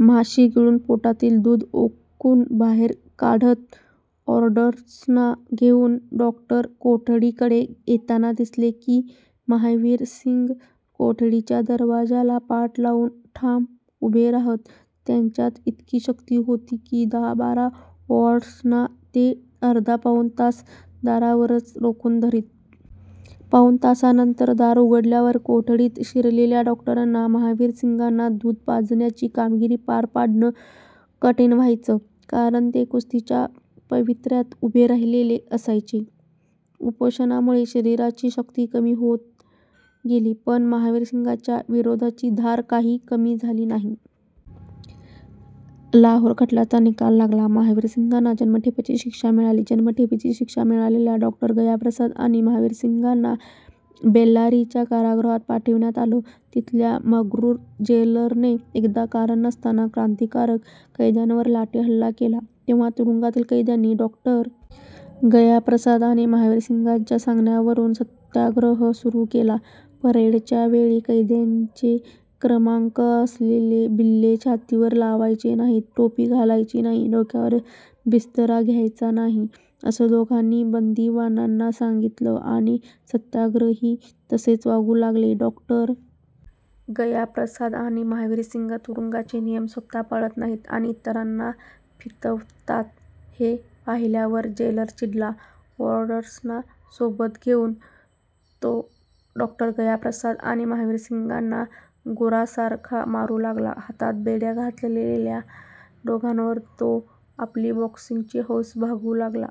माशी गिळून पोटातील दूध ओकून बाहेर काढत. वॉर्डर्सना घेऊन डॉक्टर कोठडीकडे येताना दिसले की, महावीरसिंग कोठडीच्या दरवाजाला पाठ लावून ठाम उभे राहत. त्यांच्यात इतकी शक्ती होती की, दहा-बारा वॉर्डर्सना ते अर्धा-पाऊण तास दारावरच रोखून धरीत. पाऊण तासानंतर दार उघडल्यावर कोठडीत शिरलेल्या डॉक्टरांना, महावीरसिंगांना दूध पाजण्याची कामगिरी पार पाडणं कठीण व्हायचं; कारण ते कुस्तीच्या पवित्र्यात उभे राहिलेले असायचे. उपोषणामुळे शरीराची शक्ती कमी होत गेली, पण महावीरसिंगांच्या विरोधाची धार काही कमी झाली नाही. लाहोर खटल्याचा निकाल लागला. महावीरसिंगांना जन्मठेपेची शिक्षा मिळाली. जन्मठेपेची शिक्षा मिळालेल्या डॉ. गयाप्रसाद आणि महावीरसिंगांना बेल्लारीच्या कारागृहात पाठविण्यात आलं. तिथल्या मग्रूर जेलरने एकदा कारण नसताना क्रांतिकारक कैद्यांवर लाठीहल्ला केला तेव्हा तुरुंगातील कैद्यांनी डॉ. गयाप्रसाद आणि महावीरसिंगांच्या सांगण्यावरून सत्याग्रह सुरू केला. परेडच्या वेळी कैद्यांचे क्रमांक असलेले बिल्ले छातीवर लावायचे नाहीत, टोपी घालायची नाही, डोक्यावर बिस्तरा घ्यायचा नाही, असं दोघांनी बंदिवानांना सांगितलं आणि सत्याग्रही तसेच वागू लागले. डॉ. गयाप्रसाद आणि महावीरसिंग तुरुंगाचे नियम स्वतः पाळत नाहीत आणि इतरांना फितवतात, हे पाहिल्यावर जेलर चिडला. वॉर्डर्सना सोबत घेऊन तो डॉ. गयाप्रसाद आणि महावीरसिंगांना गुरासारखा मारू लागला. हातात बेड्या घातलेल्या दोघांवर तो आपली बॉक्सिंगची हौस भागवू लागला.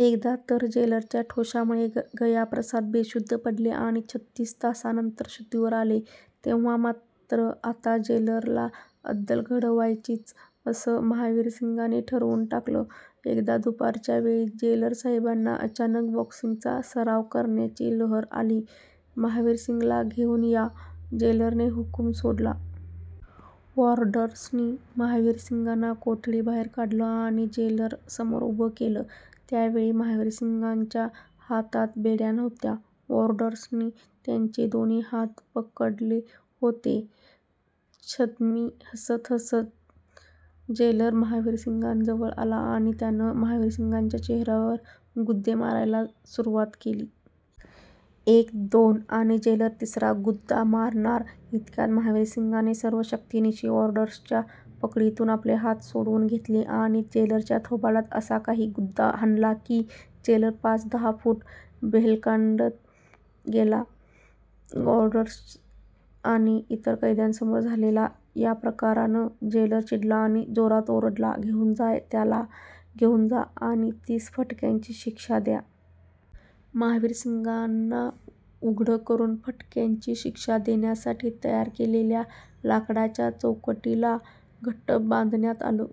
एकदा तर जेलरच्या ठोशामुळे गयाप्रसाद बेशुद्ध पडले आणि छत्तीस तासांनंतर शुद्धीवर आले. तेव्हा मात्र आता 'जेलरला अद्दल घडवायचीच' असं महावीरसिंगांनी ठरवून टाकलं. एकदा दुपारच्या वेळी जेलरसाहेबांना अचानक बॉक्सिंगचा सराव करण्याची लहर आली. 'महावीरसिंगला घेऊन या' जेलरने हुकूम सोडला. वॉर्डर्सनी महावीरसिंगांना कोठडीबाहेर काढलं आणि जेलरसमोर उभं केलं. त्यावेळी महावीरसिंगांच्या हातात बेड्या नव्हत्या. वॉर्डर्सनी त्यांचे दोन्ही हात पकडले होते. छद्मी हसत हसत जेलर महावीरसिंगांजवळ आला आणि त्यानं महावीरसिंगांच्या चेहऱ्यावर गुद्दे मारायला सुरुवात केली. एक... दोन... आणि जेलर तिसरा गुद्दा मारणार इतक्यात महावीरसिंगांनी सर्व शक्तिनिशी वॉर्डर्सच्या पकडीतून आपले हात सोडवून घेतले आणि जेलरच्या थोबाडावर असा काही गुद्दा हाणला की, जेलर पाच-दहा फूट भेलकांडत गेला. वॉर्डर्स आणि इतर कैद्यांसमोर झालेल्या या प्रकारानं जेलर चिडला आणि जोराने ओरडला- 'घेऊन जा त्याला, घेऊन जा आणि तीस फटक्यांची शिक्षा द्या.' महावीरसिंगांना उघडं करून फटक्यांची शिक्षा देण्यासाठी तयार केलेल्या लाकडाच्या चौकटीला घट्ट बांधण्यात आलं.